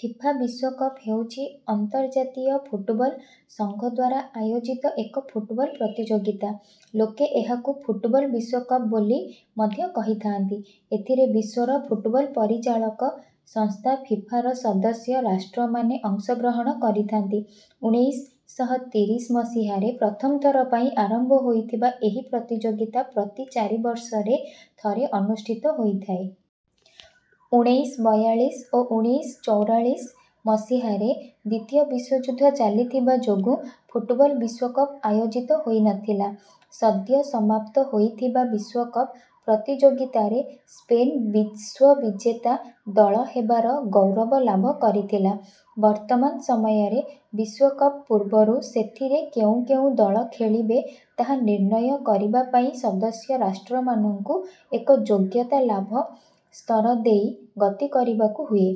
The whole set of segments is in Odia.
ଫିଫା ବିଶ୍ୱକପ ହେଉଛି ଅନ୍ତର୍ଜାତୀୟ ଫୁଟବଲ୍ ସଂଘଦ୍ୱାରା ଆୟୋଜିତ ଏକ ଫୁଟବଲ୍ ପ୍ରତିଯୋଗିତା। ଲୋକେ ଏହାକୁ ଫୁଟବଲ୍ ବିଶ୍ୱକପ ବୋଲି ମଧ୍ୟ କହିଥାନ୍ତି। ଏଥିରେ ବିଶ୍ୱର ଫୁଟବଲ୍ ପରିଚାଳକ ସଂସ୍ଥା ଫିଫା ର ସଦସ୍ୟ ରାଷ୍ଟ୍ରମାନେ ଅଂଶ ଗ୍ରହଣ କରିଥାନ୍ତି। ଉଣେଇଶ ଶହ ତିରିଶ ମସିହାରେ ପ୍ରଥମ ଥର ପାଇଁ ଆରମ୍ଭ ହୋଇଥିବା ଏହି ପ୍ରତିଯୋଗିତା ପ୍ରତି ଚାରି ବର୍ଷରେ ଥରେ ଅନୁଷ୍ଠିତ ହୋଇଥାଏ। ଉଣେଇଶ ବୟାଳିଶ ଓ ଉଣେଇଶ ଚଉରାଳିଶ ମସିହାରେ ଦ୍ୱିତୀୟ ବିଶ୍ୱଯୁଦ୍ଧ ଚାଲିଥିବା ଯୋଗୁଁ ଫୁଟବଲ୍ ବିଶ୍ୱକପ ଆୟୋଜିତ ହୋଇନଥିଲା। ସଦ୍ୟ ସମାପ୍ତ ହୋଇଥିବା ବିଶ୍ୱକପ ପ୍ରତିଯୋଗିତାରେ ସ୍ପେନ ବିଶ୍ୱବିଜେତା ଦଳ ହେବାର ଗୌରବ ଲାଭ କରିଥିଲା। ବର୍ତ୍ତମାନ ସମୟରେ ବିଶ୍ୱକପ ପୂର୍ବରୁ ସେଥିରେ କେଉଁ କେଉଁ ଦଳ ଖେଳିବେ ତାହା ନିର୍ଣ୍ଣୟ କରିବା ପାଇଁ ସଦସ୍ୟ ରାଷ୍ଟ୍ରମାନଙ୍କୁ ଏକ ଯୋଗ୍ୟତା ଲାଭ ସ୍ତର ଦେଇ ଗତି କରିବାକୁ ହୁଏ।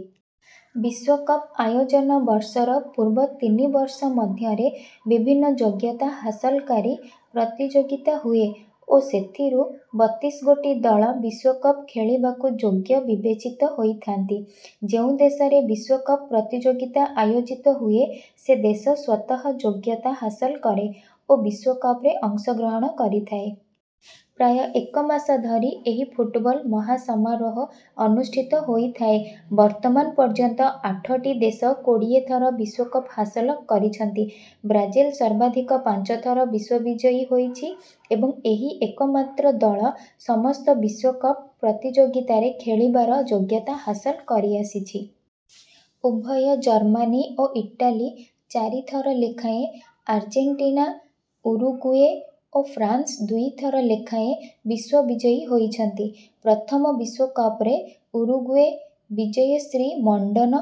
ବିଶ୍ୱକପ ଆୟୋଜନ ବର୍ଷର ପୂର୍ବ ତିନି ବର୍ଷ ମଧ୍ୟରେ ବିଭିନ୍ନ ଯୋଗ୍ୟତା ହାସଲକାରୀ ପ୍ରତିଯୋଗିତା ହୁଏ ଓ ସେଥିରୁ ବତିଶ ଗୋଟି ଦଳ ବିଶ୍ୱକପ ଖେଳିବାକୁ ଯୋଗ୍ୟ ବିବେଚିତ ହୋଇଥାନ୍ତି। ଯେଉଁ ଦେଶରେ ବିଶ୍ୱକପ ପ୍ରତିଯୋଗିତା ଆୟୋଜିତ ହୁଏ ସେ ଦେଶ ସ୍ୱତଃ ଯୋଗ୍ୟତା ହାସଲ କରେ ଓ ବିଶ୍ୱକପରେ ଅଂଶ ଗ୍ରହଣ କରିଥାଏ। ପ୍ରାୟ ଏକ ମାସ ଧରି ଏହି ଫୁଟବଲ ମହାସମାରୋହ ଅନୁଷ୍ଠିତ ହୋଇଥାଏ। ବର୍ତ୍ତମାନ ପର୍ଯ୍ୟନ୍ତ ଆଠଟି ଦେଶ କୋଡ଼ିଏ ଥର ବିଶ୍ୱକପ ହାସଲ କରିଛନ୍ତି। ବ୍ରାଜିଲ ସର୍ବାଧିକ ପାଞ୍ଚ ଥର ବିଶ୍ୱବିଜୟୀ ହୋଇଛି ଏବଂ ଏହି ଏକମାତ୍ର ଦଳ ସମସ୍ତ ବିଶ୍ୱକପ ପ୍ରତିଯୋଗିତାରେ ଖେଳିବାର ଯୋଗ୍ୟତା ହାସଲ କରିଆସିଛି। ଉଭୟ ଜର୍ମାନୀ ଓ ଇଟାଲୀ ଚାରି ଥର ଲେଖାଏଁ ଆର୍ଜେଣ୍ଟିନାଉରୁଗୁଏ ଓ ଫ୍ରାନ୍ସ ଦୁଇ ଥର ଲେଖାଏଁ ବିଶ୍ୱବିଜୟୀ ହୋଇଛନ୍ତି। ପ୍ରଥମ ବିଶ୍ୱକପରେ ଉରୁଗୁଏ ବିଜୟଶ୍ରୀ ମଣ୍ଡନ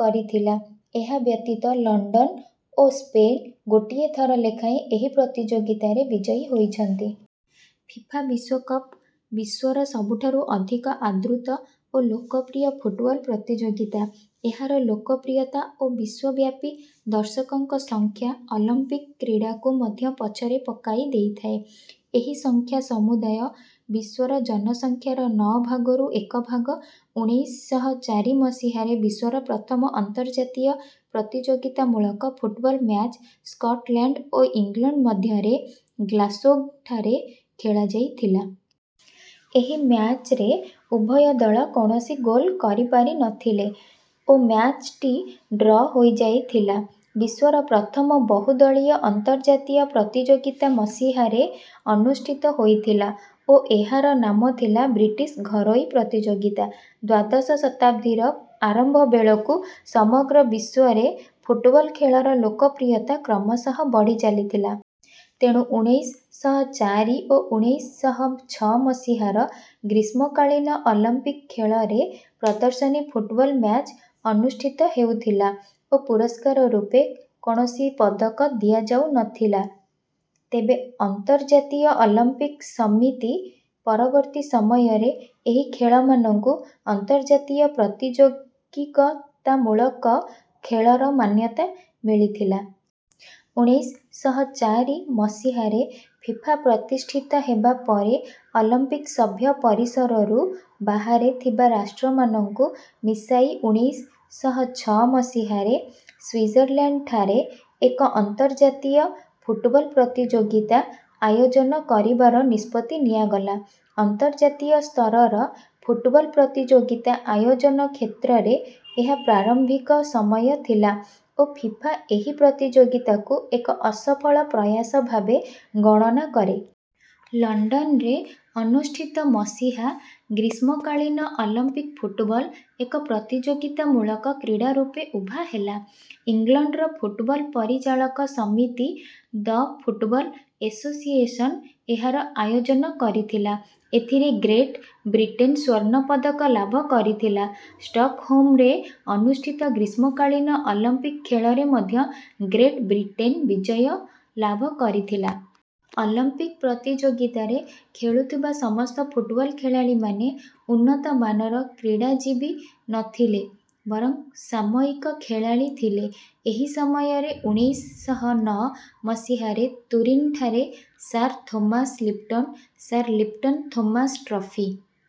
କରିଥିଲା। ଏହା ବ୍ୟତୀତ ଲଂଲଣ୍ଡ ଓ ସ୍ପେନ୍ ଗୋଟିଏ ଥର ଲେଖାଏଁ ଏହି ପ୍ରତିଯୋଗିତାରେ ବିଜୟୀ ହୋଇଛନ୍ତି। ଫିଫା ବିଶ୍ୱକପ ବିଶ୍ୱର ସବୁଠାରୁ ଅଧିକ ଆଦୃତ ଓ ଲୋକପ୍ରିୟ ଫୁଟବଲ୍ ପ୍ରତିଯୋଗିତା। ଏହାର ଲୋକପ୍ରିୟତା ଓ ବିଶ୍ୱବ୍ୟାପୀ ଦର୍ଶକଙ୍କ ସଂଖ୍ୟା ଅଲମ୍ପିକ୍ କ୍ରୀଡ଼ାକୁ ମଧ୍ୟ ପଛରେ ପକାଇ ଦେଇଥାଏ। ଏହି ସଂଖ୍ୟା ସମୁଦାୟ ବିଶ୍ୱର ଜନସଂଖ୍ୟାର ନଅ ଭାଗରୁ ଏକ ଭାଗ। ଉଣେଇଶ ଶହ ଚାରି ମସିହାରେ ବିଶ୍ୱର ପ୍ରଥମ ଅନ୍ତର୍ଜାତୀୟ ପ୍ରତିଯୋଗିତାମୂଳକ ଫୁଟବଲ୍ ମ୍ୟାଚ୍ ସ୍କଟଲ୍ୟାଣ୍ଡ ଓ ଇଂଲଣ୍ଡ ମଧ୍ୟରେ ଗ୍ଲାସ୍ଗୋଠାରେ ଖେଳାଯାଇଥିଲା। ଏହି ମ୍ୟାଚ୍ରେ ଉଭୟ ଦଳ କୌଣସି ଗୋଲ୍ କରିପାରି ନଥିଲେ ଓ ମ୍ୟାଚ୍ଟି ଡ୍ର ହୋଇଯାଇଥିଲା। ବିଶ୍ୱର ପ୍ରଥମ ବହୁଦଳୀୟ ଅନ୍ତର୍ଜାତୀୟ ପ୍ରତିଯୋଗିତା ମସିହାରେ ଅନୁଷ୍ଠିତ ହୋଇଥିଲା ଓ ଏହାର ନାମ ଥିଲା ବ୍ରିଟିଶ୍ ଘରୋଇ ପ୍ରତିଯୋଗିତା। ଦ୍ୱାଦଶ ଶତାବ୍ଦୀର ଆରମ୍ଭ ବେଳକୁ ସମଗ୍ର ବିଶ୍ୱରେ ଫୁଟବଲ୍ ଖେଳର ଲୋକପ୍ରିୟତା କ୍ରମଶଃ ବଢ଼ି ଚାଲିଥିଲା। ତେଣୁ ଉଣେଇଶ ଶହ ଚାରି ଓ ଉଣେଇଶ ଶହ ଛଅ ମସିହାର ଗ୍ରୀଷ୍ମକାଳୀନ ଅଲମ୍ପିକ୍ ଖେଳରେ ପ୍ରଦର୍ଶନୀ ଫୁଟବଲ୍ ମ୍ୟାଚ୍ ଅନୁଷ୍ଠିତ ହେଉଥିଲା ଓ ପୁରସ୍କାର ରୂପେ କୌଣସି ପଦକ ଦିଆଯାଉନଥିଲା। ତେବେ ଅନ୍ତର୍ଜାତୀୟ ଅଲମ୍ପିକ୍ ସମିତି ପରବର୍ତ୍ତୀ ସମୟରେ ଏହି ଖେଳମାନଙ୍କୁ ଅନ୍ତର୍ଜାତୀୟ ପ୍ରତିଯୋଗିକତାମୂଳକ ଖେଳର ମାନ୍ୟତା ମିଳିଥିଲା। ଉଣେଇଶ ଶହ ଚାରି ମସିହାରେ ଫିଫା ପ୍ରତିଷ୍ଠିତ ହେବା ପରେ ଅଲମ୍ପିକ୍ ସଭ୍ୟ ପରିସରରୁ ବାହାରେ ଥିବା ରାଷ୍ଟ୍ରମାନଙ୍କୁ ମିଶାଇ ଉଣେଇଶ ଶହ ଛଅ ମସିହାରେ ସ୍ୱିଜରଲ୍ୟାଣ୍ଡଠାରେ ଏକ ଅନ୍ତର୍ଜାତୀୟ ଫୁଟବଲ୍ ପ୍ରତିଯୋଗିତା ଆୟୋଜନ କରିବାର ନିଷ୍ପତ୍ତି ନିଆଗଲା। ଅନ୍ତର୍ଜାତୀୟ ସ୍ତରର ଫୁଟବଲ୍ ପ୍ରତିଯୋଗିତା ଆୟୋଜନ କ୍ଷେତ୍ରରେ ଏହା ପ୍ରାରମ୍ଭିକ ସମୟ ଥିଲା ଓ ଫିଫା ଏହି ପ୍ରତିଯୋଗିତାକୁ ଏକ ଅସଫଳ ପ୍ରୟାସ ଭାବେ ଗଣନା କରେ। ଲଣ୍ଡନରେ ଅନୁଷ୍ଠିତ ମସିହା ଗ୍ରୀଷ୍ମକାଳୀନ ଅଲମ୍ପିକ୍ ଫୁଟବଲ୍ ଏକ ପ୍ରତିଯୋଗିତାମୂଳକ କ୍ରୀଡ଼ା ରୂପେ ଉଭା ହେଲା। ଇଂଲଣ୍ଡର ଫୁଟବଲ୍ ପରିଚାଳକ ସମିତି ଦ ଫୁଟବଲ୍ ଏଶୋସିଏସନ୍ ଏହାର ଆୟୋଜନ କରିଥିଲା। ଏଥିରେ ଗ୍ରେଟ୍ ବ୍ରିଟେନ୍ ସ୍ୱର୍ଣ୍ଣ ପଦକ ଲାଭ କରିଥିଲା। ଷ୍ଟକହୋମରେ ଅନୁଷ୍ଠିତ ଗ୍ରୀଷ୍ମକାଳୀନ ଅଲମ୍ପିକ୍ ଖେଳରେ ମଧ୍ୟ ଗ୍ରେଟ୍ ବ୍ରିଟେନ୍ ବିଜୟ ଲାଭ କରିଥିଲା। ଅଲମ୍ପିକ୍ ପ୍ରତିଯୋଗିତାରେ ଖେଳୁଥିବା ସମସ୍ତ ଫୁଟବଲ୍ ଖେଳାଳୀମାନେ ଉନ୍ନତମାନର କ୍ରୀଡ଼ାଜୀବୀ ନଥିଲେ ବରଂ ସାମୟିକ ଖେଳାଳୀ ଥିଲେ। ଏହି ସମୟରେ ଉଣେଇଶ ଶହ ନଅ ମସିହାରେ ତୁରିନ୍ଠାରେ Sir Thomas Lipton Sir Lipton Thomas trophy